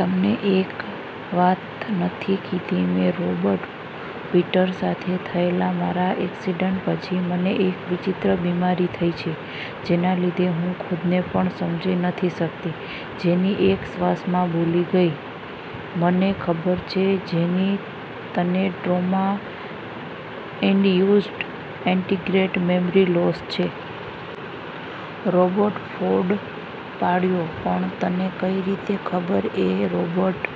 "તમને એક વાત નથી કીધી મે રૉબર્ટ, પીટર સાથે થયેલા મારા એક્સિડન્ટ પછી મને એક વિચિત્ર બીમારી થઈ છે. જેના લીધે હું ખુદને પણ સમજી નથી શકતી." જેની એક શ્વાસમાં બોલી ગઈ. "મને ખબર છે જેની, તને trauma induced anterograde memory loss છે." રૉબર્ટે ફોડ પાડ્યો. "પણ તને કઈ રીતે ખબર એ રૉબર્ટ?"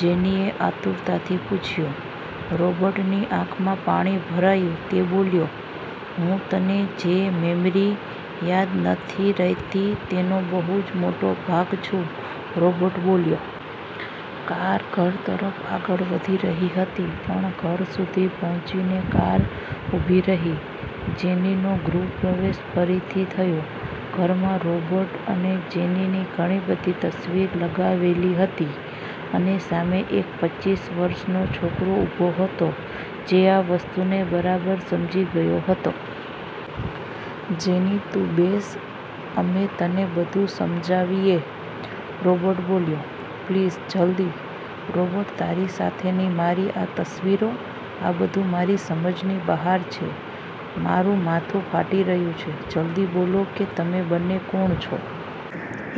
જેનીએ આતુરતાથી પૂછયું. રોબર્ટની આંખમાં પાણી ભરાયું, તે બોલ્યો, "હું તને જે મેમરી યાદ નથી રહેતી, તેનો બહુ જ મોટો ભાગ છું." રૉબર્ટ બોલ્યો. કાર ઘર તરફ આગળ વધી રહી હતી, ઘર સુધી પહોંચીને કાર ઊભી રહી. જેનીનો ગૃહ પ્રવેશ ફરીથી થયો. ઘરમાં રોબર્ટ અને જેનીની ઘણી બધી તસવીર લગાવેલી હતી, અને સામે એક પચ્ચીસ વર્ષનો છોકરો ઊભો હતો, જે આ વસ્તુને બરાબર સમજી ગયો હતો. "જેની, તુ બેસ, અમે તને બધું સમજાવીએ." રૉબર્ટ બોલ્યો. "પ્લીઝ, જલ્દી. રૉબર્ટ તારી સાથેની મારી આ તસવીરો? આ બધું મારી સમજની બહાર છે, મારું માથું ફાટી રહ્યું છે, જલ્દી બોલો કે તમે બંને કોણ છો?"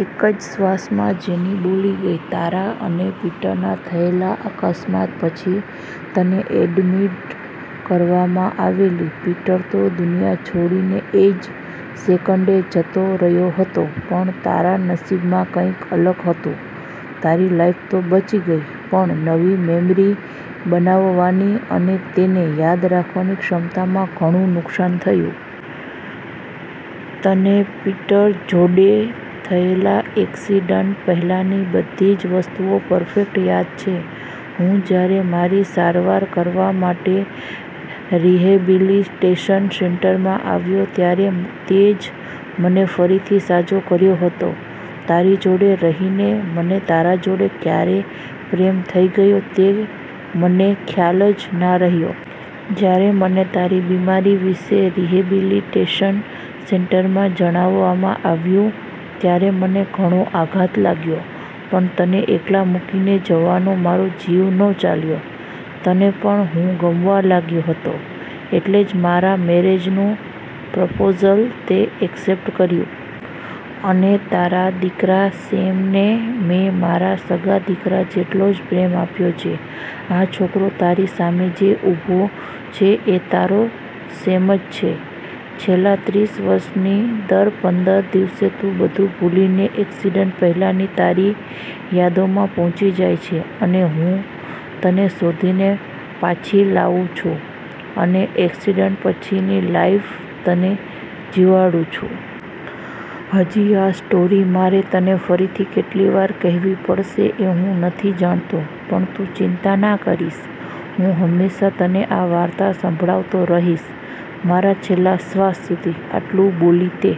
એક જ શ્વાસમાં જેની બોલી ગઈ. "તારા અને પીટરના થયેલા અકસ્માત પછી તને એડમીટ કરવામાં આવેલી. પીટર તો દુનિયા છોડીને એજ સેકન્ડે જતો રહ્યો હતો. પણ, તારા નસીબમાં કંઈક અલગ હતું. તારી લાઈફ તો બચી ગઈ, પણ નવી મેમરી બનાવવાની અને તેને યાદ રાખવાની ક્ષમતામાં ઘણું નુકશાન થયું. તને પીટર જોડે થયેલા એકસીડન્ટ પહેલાની બધી જ વસ્તુઓ પરફેક્ટ યાદ છે, હું જ્યારે મારી સારવાર કરવા માટે રિહેબિલિટેશન સેન્ટરમાં આવ્યો, ત્યારે તેજ મને ફરીથી સાજો કર્યો હતો. તારી જોડે રહીને મને તારા જોડે ક્યારે પ્રેમ થઇ ગયો તે મને ખ્યાલ જ ના રહ્યો. જ્યારે મને તારી બીમારી વિશે રિહેબિલિટેશન સેન્ટરમાં જણાવવામાં આવ્યું ત્યારે મને ઘણો આઘાત લાગ્યો. પણ તને એકલા મૂકીને જવાનો મારો જીવ ન ચાલ્યો. તને પણ હું ગમવા લાગ્યો હતો, એટલે જ મારા મેરેજનું પ્રપોઝલ તે એક્સેપ્ટ કર્યું. અને તારા દિકરા 'સેમ' ને મેં મારા સગા દીકરા જેટલો જ પ્રેમ આપ્યો છે. આ છોકરો તારી સામે જે ઊભો છે એ તારો સેમ જ છે. છેલ્લા ત્રીસ વર્ષથી દર પંદર દિવસે તુ બધુ ભૂલીને એક્સિડન્ટ પહેલાની તારી યાદોમાં પહોંચી જાય છે, અને હું તને શોધીને પાછી લાવુ છું, અને એક્સિડન્ટ પછીની લાઈફ તને જીવાડું છું. હજી આ સ્ટોરી મારે તને ફરીથી કેટલી વાર કહેવી પડશે એ હું નથી જાણતો. પણ તું ચિંતા ના કરીશ, હું હંમેશા તને આ વાર્તા સંભળાવતો રહીશ, મારા છેલ્લા શ્વાસ સુધી." આટલું બોલી તે